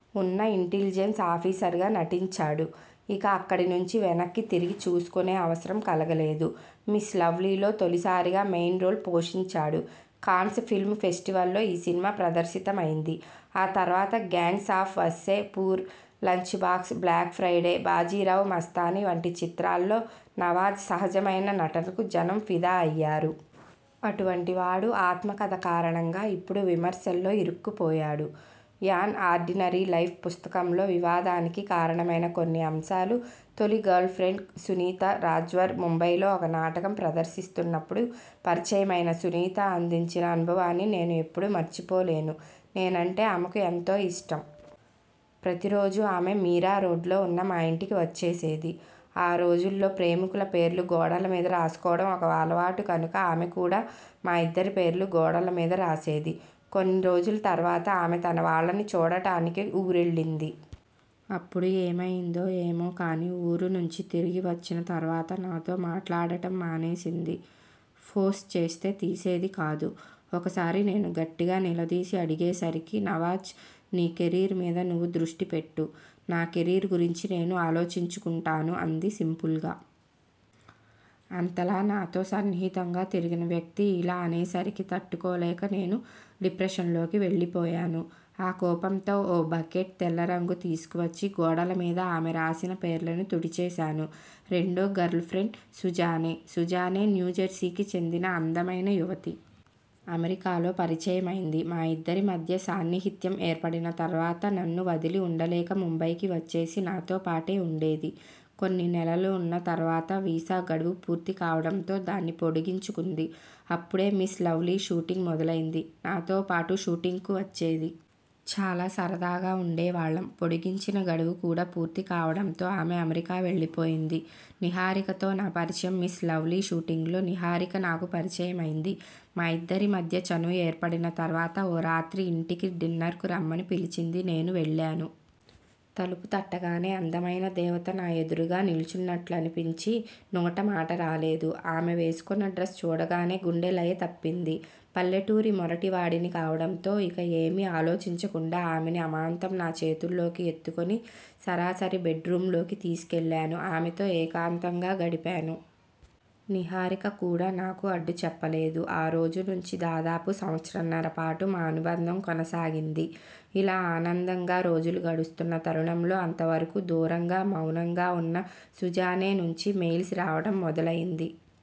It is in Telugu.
ఉన్న ఇంటెలిజెన్స్ ఆఫీసర్గా నటించాడు. ఇక అక్కడి నుంచి వెనక్కి తిరిగి చూసుకొనే అవసరం కలగలేదు.. 'మిస్ లవ్లీ' లో తొలిసారిగా మెయిన్ రోల్ పోషించాడు. కాన్స్ ఫిల్మ్ ఫెస్టివల్లో ఈ సినిమా ప్రదర్శితమైంది. ఆ తర్వాత 'gangs of Wasseypur 'lunch box', 'black Friday', 'Bajirao Mastani' వంటి చిత్రాల్లో నవాజ్ సహజమైన నటనకు జనం ఫిదా అయ్యారు. అటువంటి వాడు ఆత్మకథ కారణంగా ఇప్పుడు విమర్శల్లో ఇరుక్కుపోయాడు. 'యాన్ ఆర్డినరీ లైఫ్' పుస్తకంలో వివాదానికి కారణమైన కొన్ని అంశాలు తొలి గర్ల్ ఫ్రెండ్ సునీతా రాజ్వర్ ముంబైలో ఒక నాటకం ప్రదర్శిస్తున్పప్పుడు పరిచయమైన సునీత అందించిన అనుభవాన్ని నేను ఎప్పుడూ మరిచిపోలేను. నేనంటే ఆమెకు ఎంతో ఇష్టం. ప్రతి రోజూ ఆమె మీరా రోడ్లో ఉన్న మా ఇంటికి వచ్చేసేది. ఆ రోజుల్లో ప్రేమికుల పేర్లు గోడల మీద రాసుకోవడం ఒక అలవాటు కనుక ఆమె కూడా మా ఇద్దరి పేర్లు గోడల మీద రాసేది. కొన్ని రోజుల తర్వాత ఆమె తన వాళ్లని చూడటానికి ఊరెళ్లింది. అప్పుడు ఏమయిందో ఏమో కానీ ఊరు నుంచి తిరిగి వచ్చిన తర్వాత నాతో మాట్లాడటం మానేసింది. ఫోస్ చేస్తే తీసేది కాదు. ఒకసారి నేను గట్టిగా నిలదీసి అడిగేసరికి 'నవాజ్! నీ కెరీర్ మీద నువ్వు దృష్టి పెట్టు, నా కెరీర్ గురించి నేను ఆలోచించుకుంటాను' అంది సింపుల్గా. అంతలా నాతో సన్నిహితంగా తిరిగిన వ్యక్తి ఇలా అనేసరికి తట్టుకోలేక నేను డిప్రెషన్లోకి వెళ్లిపోయాను. ఆ కోపంతో ఓ బకెట్ తెల్ల రంగు తీసుకువచ్చి గోడల మీద ఆమె రాసిన పేర్లని తుడిచేశాను. రెండో గర్ల్ ఫ్రెండ్ సుజానే. సుజానే న్యూజెర్సీకి చెందిన అందమైన యువతి. అమెరికాలో పరిచయమైంది. మా ఇద్దరి మధ్య సాన్నిహిత్యం ఏర్పడిన తర్వాత నన్ను వదిలి ఉండలేక ముంబైకి వచ్చేసి నాతో పాటే ఉండేది. కొన్ని నెలలు ఉన్న తర్వాత వీసా గడువు పూర్తి కావడంతో దాన్ని పొడిగించుకుంది. అప్పుడే 'మిస్ లవ్లీ' షూటింగ్ మొదలైంది. నాతో పాటు షూటింగ్కు వచ్చేది. చాలా సరదాగా ఉండేవాళ్లం. పొడిగించిన గడువు కూడా పూర్తవడంతో ఆమె అమెరికా వెళ్లిపోయింది. నిహారికతో నా పరిచయం'మిస్ లవ్లీ' షూటింగ్లో నిహారిక నాకు పరిచయమైంది. మా ఇద్దరి మధ్య చనువు ఏర్పడిన తర్వాత ఓ రోజు రాత్రి ఇంటికి డిన్నర్కు రమ్మని పిలిచింది. నేను వెళ్లాను. తలుపు తట్టగానే అందమైన దేవత నా ఎదురుగా నిలుచున్నట్లనిపించి నోట మాటరాలేదు. ఆమె వేసుకొన్న డ్రస్ చూడగానే గుండె లయ తప్పింది. పల్లెటూరి మొరటివాడిని కావడంతో ఇక ఏమీ ఆలోచించకుండా ఆమెని అమాంతం నా చేతుల్లోకి ఎత్తుకొని సరాసరి బెడ్రూమ్లోకి తీసుకెళ్లాను. ఆమెతో ఏకాంతంగా గడిపాను. నిహారిక కూడా నాకు అడ్డు చెప్పలేదు. ఆ రోజు నుంచి దాదాపు సంవత్సరన్నర పాటు మా అనుబంధం కొనసాగింది. ఇలా ఆనందంగా రోజులు గడుస్తున్న తరుణంలో అంతవరకూ దూరంగా, మౌనంగా ఉన్న సుజానే నుంచి మెయిల్స్ రావడం మొదలైంది.